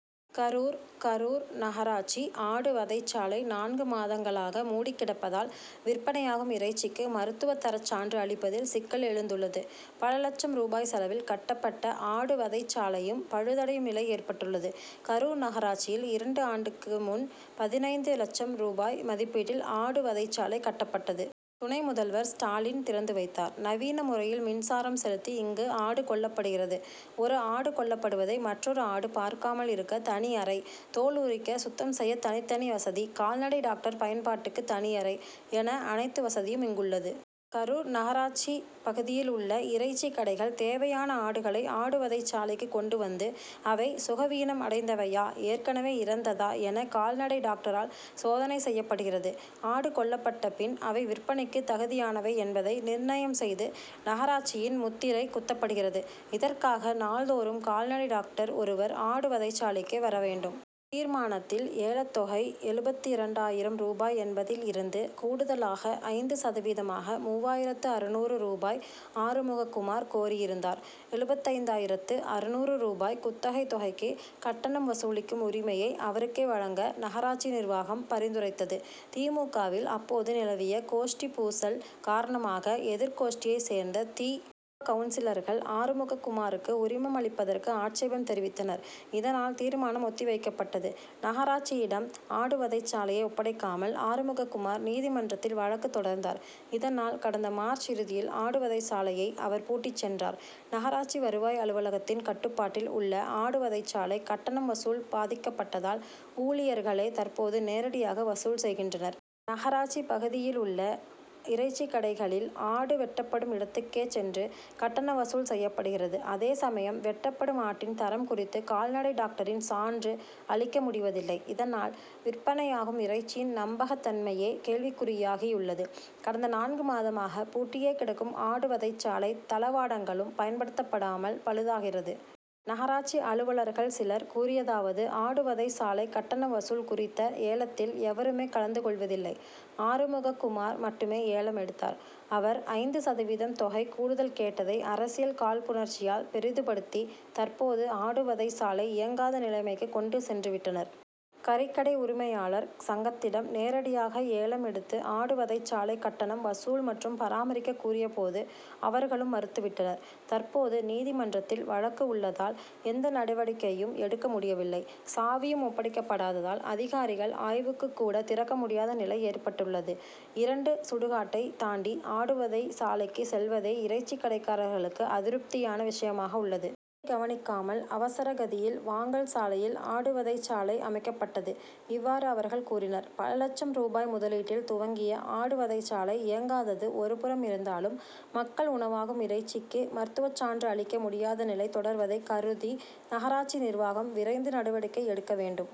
கரூர் கரூர் நகராட்சி ஆடு வதைச்சாலை நான்கு மாதங்களாக மூடிக்கிடப்பதால், விற்பனையாகும் இறைச்சிக்கு மருத்துவ தரச்சான்று அளிப்பதில் சிக்கல் எழுந்துள்ளது. பல லட்சம் ரூபாய் செலவில் கட்டப்பட்ட ஆடு வதைச்சாலையும் பழுதடையும் நிலை ஏற்பட்டுள்ளது. கரூர் நகராட்சியில் இரண்டு ஆண்டுக்கு முன் பதினைந்து லட்சம் ரூபாய் மதிப்பீட்டில் ஆடு வதைச்சாலை கட்டப்பட்டது. துணை முதல்வர் ஸ்டாலின் திறந்து வைத்தார். நவீன முறையில் மின்சாரம் செலுத்தி இங்கு ஆடு கொல்லப்படுகிறது. ஒரு ஆடு கொல்லப்படுவதை மற்றொரு ஆடு பார்க்காமல் இருக்க தனி அறை, தோல் உரிக்க, சுத்தம் செய்ய தனித்தனி வசதி, கால்நடை டாக்டர் பயன்பாட்டுக்கு தனி அறை என அனைத்து வசதியும் இங்குள்ளது. கரூர் நகராட்சி பகுதியில் உள்ள இறைச்சி கடைகள் தேவையான ஆடுகளை, ஆடுவதைச்சாலைக்கு கொண்டுவந்து, அவை, சுகவீனம் அடைந்தவையா? ஏற்கனவே இறந்ததா? என, கால்நடை டாக்டரால் சோதனை செய்யப்படுகிறது. ஆடு கொல்லப்பட்ட பின், அவை விற்பனைக்கு தகுதியானவை என்பதை நிர்ணயம் செய்து நகராட்சியின் முத்திரை குத்தப்படுகிறது. இதற்காக, நாள்தோறும் கால்நடை டாக்டர் ஒருவர், ஆடு வதைச்சாலைக்கு வரவேண்டும். தீர்மானத்தில் ஏலத்தொகை எழுபத்திரண்டாயிரம் ரூபாய் என்பதில் இருந்து, கூடுதலாக ஐந்து சதவீதமாக மூவாயிரத்து அறுநூறு ரூபாய் ஆறுமுகக்குமார் கோரியிருந்தார். எழுபத்தைந்தாயிரத்து அறுநூறு ரூபாய் குத்தகை தொகைக்கு, கட்டணம் வசூலிக்கும் உரிமையை அவருக்கே வழங்க நகராட்சி நிர்வாகம் பரிந்துரைத்தது. தி. மு. க.,வில் அப்போது நிலவிய கோஷ்டி பூசல் காரணமாக, எதிர்கோஷ்டியை சேர்ந்த தி. கவுன்சிலர்கள் ஆறுமுகக்குமாருக்கு உரிமம் அளிப்பதற்கு ஆட்சேபம் தெரிவித்தனர். இதனால் தீர்மானம் ஒத்திவைக்கப்பட்டது. நகராட்சியிடம் ஆடு வதைச்சாலையை ஒப்படைக்காமல், ஆறுமுகக்குமார் நீதிமன்றத்தில் வழக்கு தொடர்ந்தார். இதனால், கடந்த மார்ச் இறுதியில் ஆடு வதைச்சாலையை அவர் பூட்டிச் சென்றார். நகராட்சி வருவாய் அலுவலகத்தின் கட்டுப்பாட்டில் உள்ள ஆடு வதைச்சாலை கட்டணம் வசூல் பாதிக்கப்பட்டதால், ஊ ழியர்களே தற்போது நேரடியாக வசூல் செய்கின்றனர். நகராட்சி பகுதியில் உள்ள இறைச்சி கடைகளில், ஆடு வெட்டப்படும் இடத்துக்கேச் சென்று கட்டண வசூல் செய்யப்படுகிறது. அதே சமயம், வெட்டப்படும் ஆட்டின் தரம் குறித்து கால்நடை டாக்டரின் சான்று அளிக்கமுடிவதில்லை. இதனால், விற்பனையாகும் இறைச்சியின் நம்பகத்தன்மையே கேள்விக்குறியாகியுள்ளது. கடந்த நான்கு மாதமாக பூட்டியே கிடக்கும் ஆடு வதைச்சாலை தளவாடங்களும் பயன்படுத்தப்படாமல் பழுதாகிறது. நகராட்சி அலுவலர்கள் சிலர் கூறியதாவது ஆடுவதை சாலை கட்டண வசூல் குறித்த ஏலத்தில் எவருமே கலந்து கொள்வதில்லை. ஆறுமுகக்குமார் மட்டுமே ஏலம் எடுத்தார். அவர் ஐந்து சதவீதம் தொகை கூடுதல் கேட்டதை, அரசியல் காழ்ப்புணர்ச்சியால் பெரிதுபடுத்தி, தற்போது ஆடுவதை சாலை இயங்காத நிலைமைக்கு கொண்டு சென்றுவிட்டனர். கறிக்கடை உரிமையாளர் சங்கத்திடம், நேரடியாக ஏலம் எடுத்து ஆடு வதைச்சாலை கட்டணம் வசூல் மற்றும் பராமரிக்க கூறியபோது அவர்களும் மறுத்துவிட்டனர். தற்போது, நீதிமன்றத்தில் வழக்கு உள்ளதால் எந்த நடவடிக்கையும் எடுக்க முடியவில்லை. சாவியும் ஒப்படைக்கப்படாததால், அதிகாரிகள் ஆய்வுக்குக்கூட திறக்க முடியாத நிலை ஏற்பட்டுள்ளது. இரண்டு சுடுகாட்டை தாண்டி ஆடுவதை சாலைக்கு செல்வதே இறைச்சி கடைக்காரர்களுக்கு அதிருப்தியான விஷயமாக உள்ளது. இதை கவனிக்காமல், அவசர கதியில் வாங்கல் சாலையில் ஆடுவதைச்சாலை அமைக்கப்பட்டது. இவ்வாறு அவர்கள் கூறினர். பல லட்சம் ரூபாய் முதலீட்டில் துவங்கிய ஆடு வதைச்சாலை இயங்காதது ஒருபுறம் இருந்தாலும், மக்கள் உணவாகும் இறைச்சிக்கு மருத்துவச்சான்று அளிக்க முடியாதநிலை தொடர்வதை கருதி, நகராட்சி நிர்வாகம் விரைந்து நடவடிக்கை எடுக்க வேண்டும்.